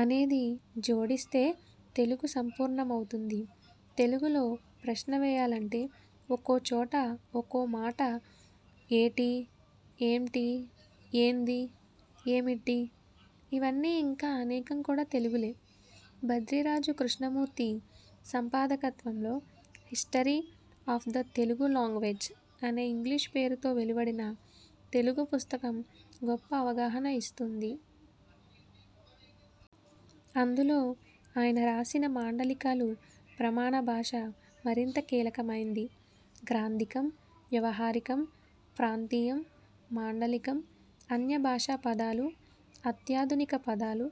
అనేది జోడిస్తే తెలుగు సంపూర్ణమవుతుంది. తెలుగులో ప్రశ్న వేయాలంటే ఒకో చోట ఒక మాట ఏటి ఏంటి ఏంది ఏమిడ్డి ఇవన్నీ ఇంకా అనేకం కూడా తెలుగులే. భద్రిరాజు కృష్ణమూర్తి సంపాదకత్వంలో హిస్టరీ ఆఫ్ద తెలుగు లాంగ్వేజ్ అనే ఇంగ్లీషు పేరుతో వెలువడిన తెలుగు పుస్తకం గొప్ప అవగాహన ఇస్తుంది. అందులో ఆయన రాసిన 'మాండలికాలు ప్రమాణ భాష' మరింత కీలకమైంది. గ్రాంథికం, వ్యావహారికం, ప్రాంతీయం, మాండలికం, అన్యభాషా పదాలు అత్యాధునిక పదాలు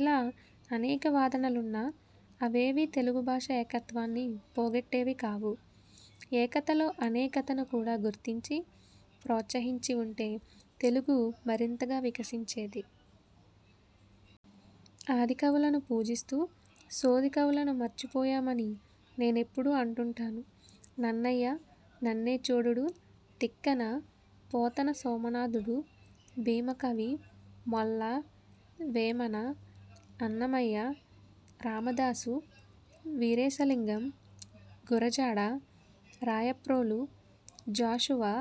ఇలా అనేక వాదనలున్నా అవేవీ తెలుగు భాష ఏకత్వాన్ని పోగొట్టేవి కావు. ఏకతలో అనేకతను కూడా గుర్తించి ప్రోత్సహించి వుంటే తెలుగు మరింతగా వికసించేది. ఆదికవులను పూజిస్తూ సోది కవులను మర్చిపోయామని నేనెప్పుడూ అంటుంటాను. నన్నయ్య, నన్నె చోడుడు తిక్కన, పోతన సోమనాథుడు, భీమకవి, మొల్ల, వేమన, అన్నమయ్య, రామదాసు, వీరేశలింగం, గురజాడ, రాయప్రోలు, జాషవా,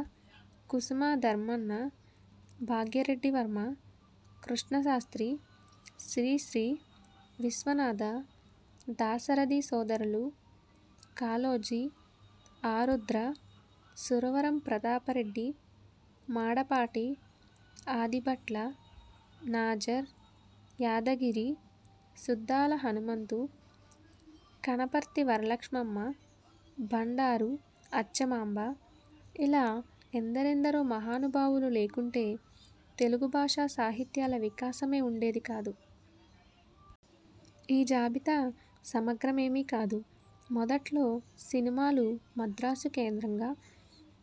కుసుమ ధర్మన్న, భాగ్యరెడ్డి వర్మ, కృష్ణశాస్త్రి, శ్రీశ్రీ, విశ్వనాథ, దాశరధి సోదరులు, కాళోజీ, ఆరుద్ర, సురవరం ప్రతాపరెడ్డి, మాడపాటి, ఆదిభట్ల, నాజర్, యాదగిరి, సుద్దాల హనుమంతు, కనపర్తి వరలక్ష్మమ్మ, భండారు అచ్చమాంబ ఇలా ఎందరెందరో మహానుభావులు లేకుంటే తెలుగు భాషా సాహిత్యాల వికాసమే వుండేది కాదు. ఈ జాబితా సమగ్రమేమీ కాదు. మొదట్లో సినిమాలు మద్రాసు కేంద్రంగా,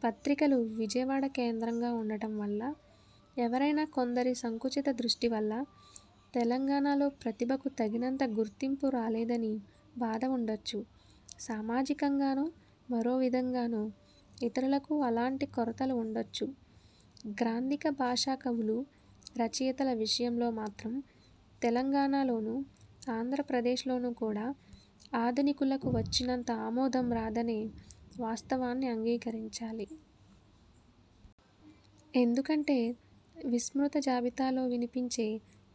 పత్రికలు విజయవాడ కేంద్రంగా వుండటం వల్ల, ఎవరైనా కొందరి సంకుచిత దృష్టి వల్ల తెలంగాణలో ప్రతిభకు తగినంత గుర్తింపు రాలేదని భాధవుండొచ్చు. సామాజికంగానో మరో విధంగానో ఇతరులకూ అలాటి కొరతలు వుండొచ్చు. గ్రాంథిక భాషా కవులు రచయితల విషయంలో మాత్రం తెలంగాణలోనూ ఆంధ్రప్రదేశ్లోనూ కూడా ఆధునికులకు వచ్చినంత ఆమోదం రాదనే వాస్తవాన్ని అంగీకరించాలి. ఎందుకంటే విస్మృత జాబితాలో వినిపించే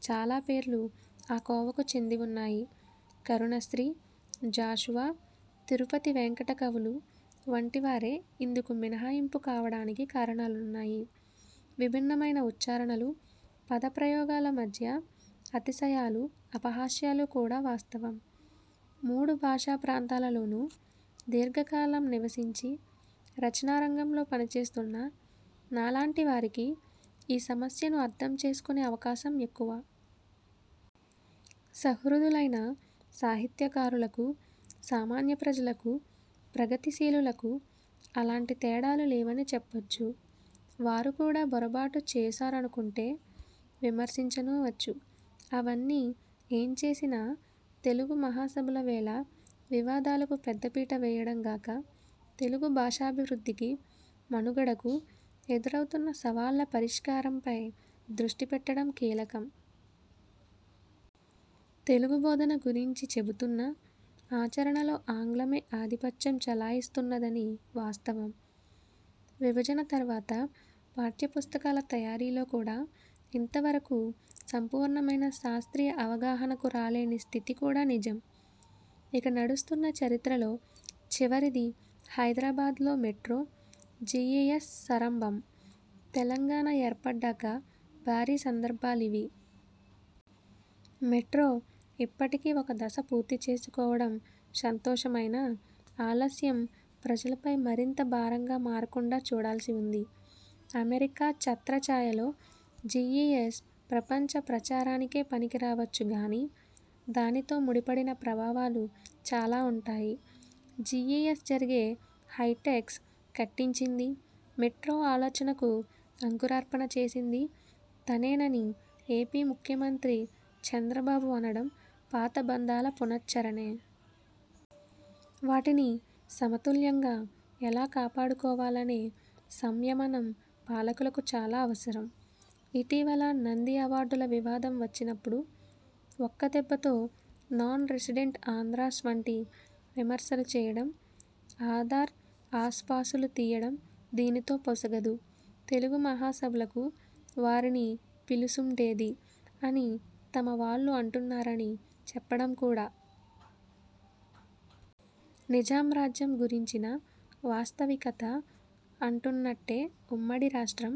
చాలా పేర్లు ఆ కోవకు చెంది వున్నాయి. కరుణశ్రీ, జాషువా, తిరుపతి వేంకట కవుల వంటివారే ఇందుకు మినహాయింపు కావడానికి కారణాలున్నాయి. భిన్నమైన ఉచ్చారణలు పదప్రయోగాల మధ్య అతిశయాలు అపహాస్యాలు కూడా వాస్తవం. మూడు భాషా ప్రాంతాలలోనూ దీర్ఘకాలం నివసించి రచనా రంగంలో పనిచేస్తున్న నాలాంటి వారికి ఈ సమస్యను అర్థం చేసుకునే అవకాశం ఎక్కువ. సహృదయులైన సాహిత్యకారులకూ సామాన్య ప్రజలకూ ప్రగతిశీలులకూ అలాటి తేడాలు లేవని చెప్పొచ్చు. వారు కూడా పొరబాటు చేశారనుకుంటే విమర్శించనూవచ్చు. అవన్నీ ఏం చేసినా తెలుగు మహాసభల వేళ వివాదాలకు పెద్దపీట వేయడం గాక తెలుగు భాషాభివృద్ధికి మనుగడకూ ఎదురవుతున్న సవాళ్ల పరిష్కారంపై దృష్టి పెట్టడం కీలకం. తెలుగు బోధన గురించి చెబుతున్నా ఆచరణలో ఆంగ్లమే ఆధిపత్యం చలాయిస్తున్నది వాస్తవం. విభజన తర్వాత పాఠ్య పుస్తకాల తయారీలో కూడా ఇంతవరకూ సంపూర్ణమైన శాస్త్రీయ అవగాహనకు రాలేని స్థితి కూడా నిజం. ఇక నడుస్తున్న చరిత్రలో చివరిది హైదరాబాద్లో మెట్రో, జీఈఎస్ సంరంభం. తెలంగాణ ఏర్పడ్డాక భారీ సందర్భాలివి. మెట్రో ఇప్పటికి ఒక దశ పూర్తి చేసుకోవడం సంతోషమైనా ఆలస్యం ప్రజలపై మరింత భారంగా మారకుండా చూడాల్సి వుంది. అమెరికా ఛత్రఛాయలో జీ ఈ ఎస్ ప్రపంచ ప్రచారానికే పనికిరావచ్చు గాని దానితో ముడిపడిన ప్రభావాలు చాలా వుంటాయి. జీ ఈ ఎస్ జరిగే హైటెక్స్ కట్టించిందీ, మెట్రో ఆలోచనకు అంకురార్పణ చేసిందీ తనేనని ఏపీ ముఖ్యమంత్రి చంద్రబాబు అనడం పాత బంధాల పునశ్చరణే. వాటిని సమతుల్యంగా ఎలా కాపాడుకోవాలనే సంయమనం పాలకులకు చాలా అవసరం. ఇటీవల నంది అవార్డుల వివాదం వచ్చినప్పుడు ఒక్కదెబ్బతో నాన్ రెసిడెంట్ ఆంధ్రాస్ వంటి విమర్శలు చేయడం, ఆధార్ ఆసుపాసులు తీయడం దీనితో పొసగదు. తెలుగు మహాసభలకు 'వారిని పిలుసుడేంది' అని తమ వాళ్లు అంటున్నారని చెప్పడం కూడా. నిజాం రాజ్యం గురించిన వాస్తవికత అంటున్నట్టే ఉమ్మడి రాష్ట్రం,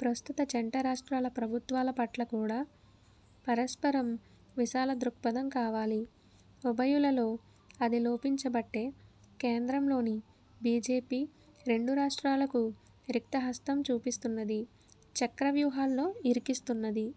ప్రస్తుత జంట రాష్ట్రాల ప్రభుత్వాల పట్ల కూడా పరస్పరం విశాల దృక్పథం కావాలి. ఉభయులలో అది లోపించబట్టే కేంద్రంలోని బీజేపీ రెండు రాష్ట్రాలకూ రిక్తహస్తం చూపిస్తున్నది. చక్రవ్యూహాల్లో ఇరికిస్తున్నది.